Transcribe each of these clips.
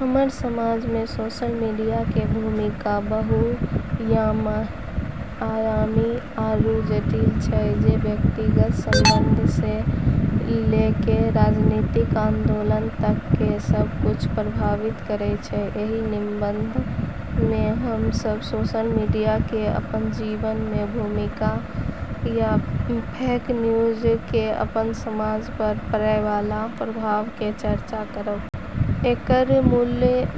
हमरऽ समाज म॑ सोशल मीडिया के भूमिका बहुआयामी आरू जटिल छै, जे व्यक्तिगत संबंध स॑ ल॑ क॑ राजनीतिक आन्दोलन तक के सब कुछ प्रभावित करै छै। एहि निबंध मे हम सब सोशल मीडिया के अपन जीवन में भूमिका आ फेक न्यूज के अपन समाज पर पड़य वाला प्रभाव के चर्चा करब। एकरऽ मूल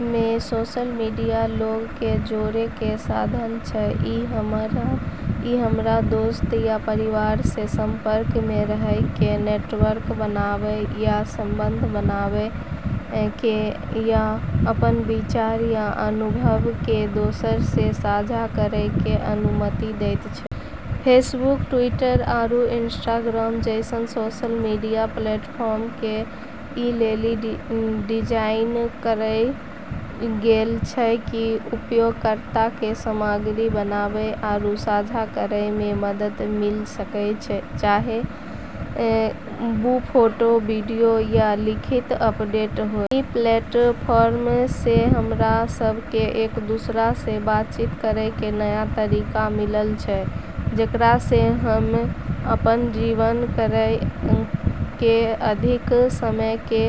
म॑ सोशल मीडिया लोगऽ क॑ जोड़ै के साधन छै। इ हमरा दोस्त आ परिवार सं संपर्क मे रहय कें, नेटवर्क बनावा आ संबंध बनावा कें, आ अपन विचार आ अनुभव कें दोसर सं साझा करय कें अनुमति देयत छै. फेसबुक, ट्विटर, आरू इंस्टाग्राम जैसनऽ सोशल मीडिया प्लेटफॉर्म क॑ ई लेली डिजाइन करलऽ गेलऽ छै कि उपयोगकर्ता क॑ सामग्री बनाबै आरू साझा करै म॑ मदद मिल॑ सक॑, चाहे वू फोटो, वीडियो या लिखित अपडेट होय। ई प्लेटफार्मऽ स॑ हमरा सब क॑ एक-दूसरा स॑ बातचीत करै के नया तरीका मिललऽ छै, जेकरा स॑ हम्मं॑ अपनऽ जीवन केरऽ अधिक समय क॑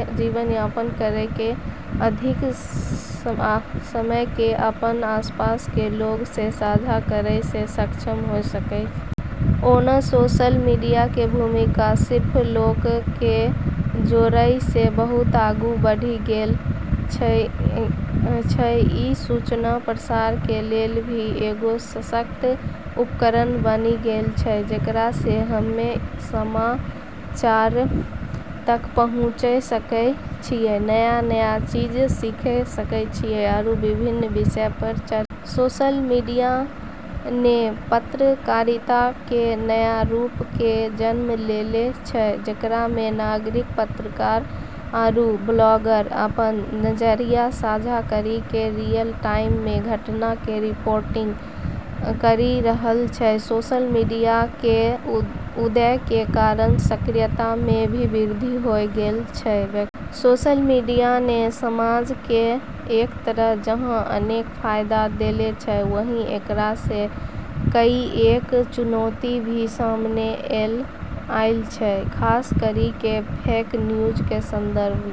अपनऽ आसपास के लोगऽ स॑ साझा करै म॑ सक्षम होय सकै छियै। ओना सोशल मीडिया के भूमिका सिर्फ लोक के जोड़य सं बहुत आगू बढ़ि गेल अछि. ई सूचना प्रसार के लेलऽ भी एगो सशक्त उपकरण बनी गेलऽ छै, जेकरा स॑ हम्में समाचार तक पहुँचै सकै छियै, नया-नया चीज सीखै सकै छियै, आरू विभिन्न विषयऽ प॑ चर्चा म॑ शामिल होय सकै छियै। सोशल मीडिया न॑ पत्रकारिता केरऽ नया रूप के जन्म देल॑ छै, जेकरा म॑ नागरिक पत्रकार आरू ब्लॉगर अपनऽ नजरिया साझा करी क॑ रियल टाइम म॑ घटना के रिपोर्टिंग करी रहलऽ छै। सोशल मीडिया केरऽ उदय के कारण सक्रियता म॑ भी वृद्धि होय गेलऽ छै, व्यक्ति आरू संगठन ई प्लेटफार्मऽ के इस्तेमाल काजऽ क॑ संगठित आरू बढ़ावा दै लेली, धन जुटाबै लेली, आरू विभिन्न पहलऽ लेली समर्थन जुटाबै लेली करै छै। सोशल मीडिया न॑ समाज क॑ एक तरफ जहां अनेक फायदा देल॑ छै, वहीं एकरा स॑ कईएक चुनौती भी सामने ऐलऽ छै, खास करी क॑ फेक न्यूज के संदर्भ म॑।